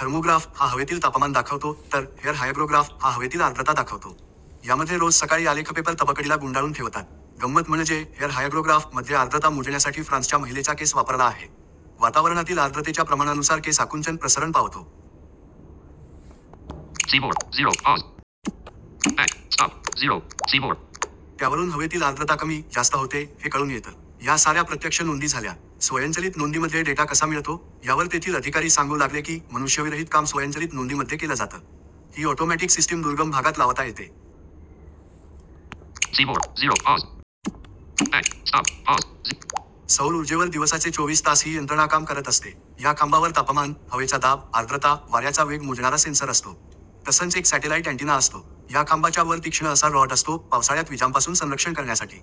Thermograph' हा हवेतील तापमान दाखवतो, तर 'हेअर हायग्रोग्राफ' हा हवेतील आर्द्रता दाखवतो. यामध्ये रोज सकाळी आलेखपेपर तबकडीला गुंडाळून ठेवतात. गंमत म्हणजे 'हेअर हायग्रोग्राफ'मध्ये आर्द्रता मोजण्यासाठी फ्रान्सच्या महिलेचा केस वापरला आहे. वातावरणातील आर्द्रतेच्या प्रमाणानुसार केस आकुंचन-प्रसरण पावतो. त्यावरून हवेतील आर्द्रता कमी-जास्त होते, हे कळून येतं. या साऱ्या प्रत्यक्ष नोंदी झाल्या. स्वयंचलित नोंदीमध्ये डेटा कसा मिळतो? यावर तेथील अधिकारी सांगू लागले की, मनुष्यविरहीत काम स्वयंचलित नोंदीमध्ये केलं जातं. ही ऑटोमॅटिक सिस्टीम दुर्गम भागात लावता येते. सौर ऊर्जेवर दिवसाचे चोवीस तास ही यंत्रणा काम करत असते. या खांबावर तापमान, हवेचा दाब, आर्द्रता, वाऱ्याचा वेग मोजणारा सेन्सर असतो. तसंच एक सॅटेलाइट अँटीना असतो. या खांबाच्या वर तीक्ष्ण असा रॉड असतो, पावसाळ्यात विजांपासून संरक्षण करण्यासाठी.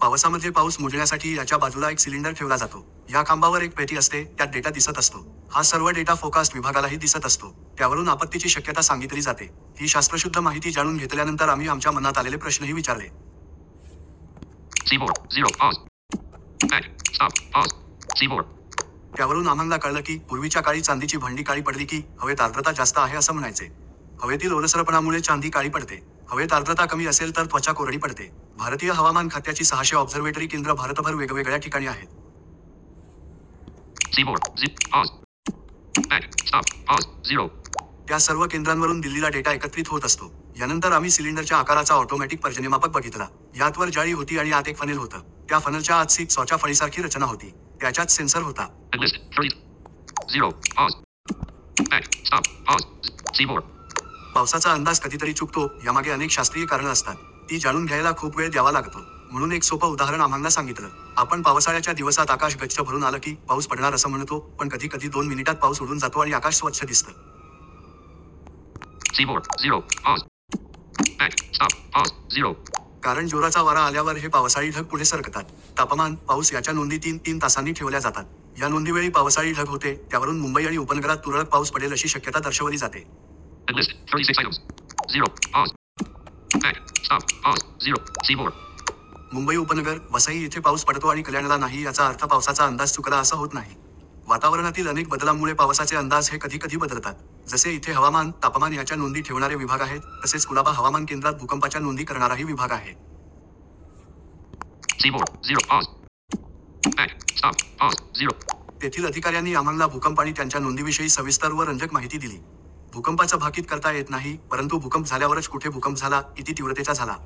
पावसामध्ये पाऊस मोजण्यासाठी याच्या बाजूला एक सिलिंडर ठेवला जातो. या खांबावर एक पेटी असते, त्यात डेटा दिसत असतो. हा सर्व डेटा फोरकास्ट विभागालाही दिसत असतो. त्यावरून आपत्तीची शक्यता सांगितली जाते. ही शास्त्रशुद्ध माहिती जाणून घेतल्यानंतर आम्ही आमच्या मनात आलेले प्रश्नही विचारले. त्यावरून आम्हांला कळलं की, पूर्वीच्या काळी चांदीची भांडी काळी पडली की, हवेत आर्द्रता जास्त आहे असं म्हणायचे. हवेतील ओलसरपणामुळे चांदी काळी पडते. हवेत आर्द्रता कमी असेल तर त्वचा कोरडी पडते. भारतीय हवामान खात्याची सहाशे ऑब्झर्व्हेटरी केंद्रं भारतभर वेगवेगळ्या ठिकाणी आहेत. त्या सर्व केंद्रांवरून दिल्लीला डेटा एकत्रित होत असतो. यानंतर आम्ही सिलिंडरच्या आकाराचा ऑटोमॅटिक पर्जन्यमापक बघितला. यात वर जाळी होती आणि आत एक फनेल होतं. त्या फनेलच्या आत सी-सॉच्या फळीसारखी रचना होती. त्याच्यात सेन्सर होता. पावसाचा अंदाज कधीतरी चुकतो, यामागे अनेक शास्त्रीय कारणं असतात. ती जाणून घ्यायला खूप वेळ द्यावा लागतो. म्हणून एक सोपं उदाहरण आम्हांला सांगितलं. आपण पावसाळ्याच्या दिवसात आकाश गच्च भरून आलं की, पाऊस पडणार असं म्हणतो, पण कधी कधी दोन मिनिटांत पाऊस उडून जातो आणि आकाश स्वच्छ दिसतं. कारण जोराचा वारा आल्यावर हे पावसाळी ढग पुढे सरकतात. तापमान, पाऊस याच्या नोंदी तीन-तीन तासांनी ठेवल्या जातात. या नोंदीवेळी पावसाळी ढग होते; त्यावरून मुंबई आणि उपनगरात तुरळक पाऊस पडेल अशी शक्यता दर्शवली जाते. मुंबई उपनगर, वसई येथे पाऊस पडतो आणि कल्याणला नाही याचा अर्थ पावसाचा अंदाज चुकला असं होत नाही. वातावरणातील अनेक बदलांमुळे पावसाचे अंदाज हे कधी कधी बदलतात. जसे इथे हवामान, तापमान याच्या नोंदी ठेवणारे विभाग आहेत, तसेच कुलाबा हवामान केंद्रात भूकंपाच्या नोंदी करणाराही विभाग आहे. तेथील अधिकाऱ्यांनी आम्हांला भूकंप आणि त्यांच्या नोंदीविषयी सविस्तर व रंजक माहिती दिली. भूकंपाचं भाकीत करता येत नाही, परंतु भूकंप झाल्यावरच कुठे भूकंप झाला, किती तीव्रतेचा झाला,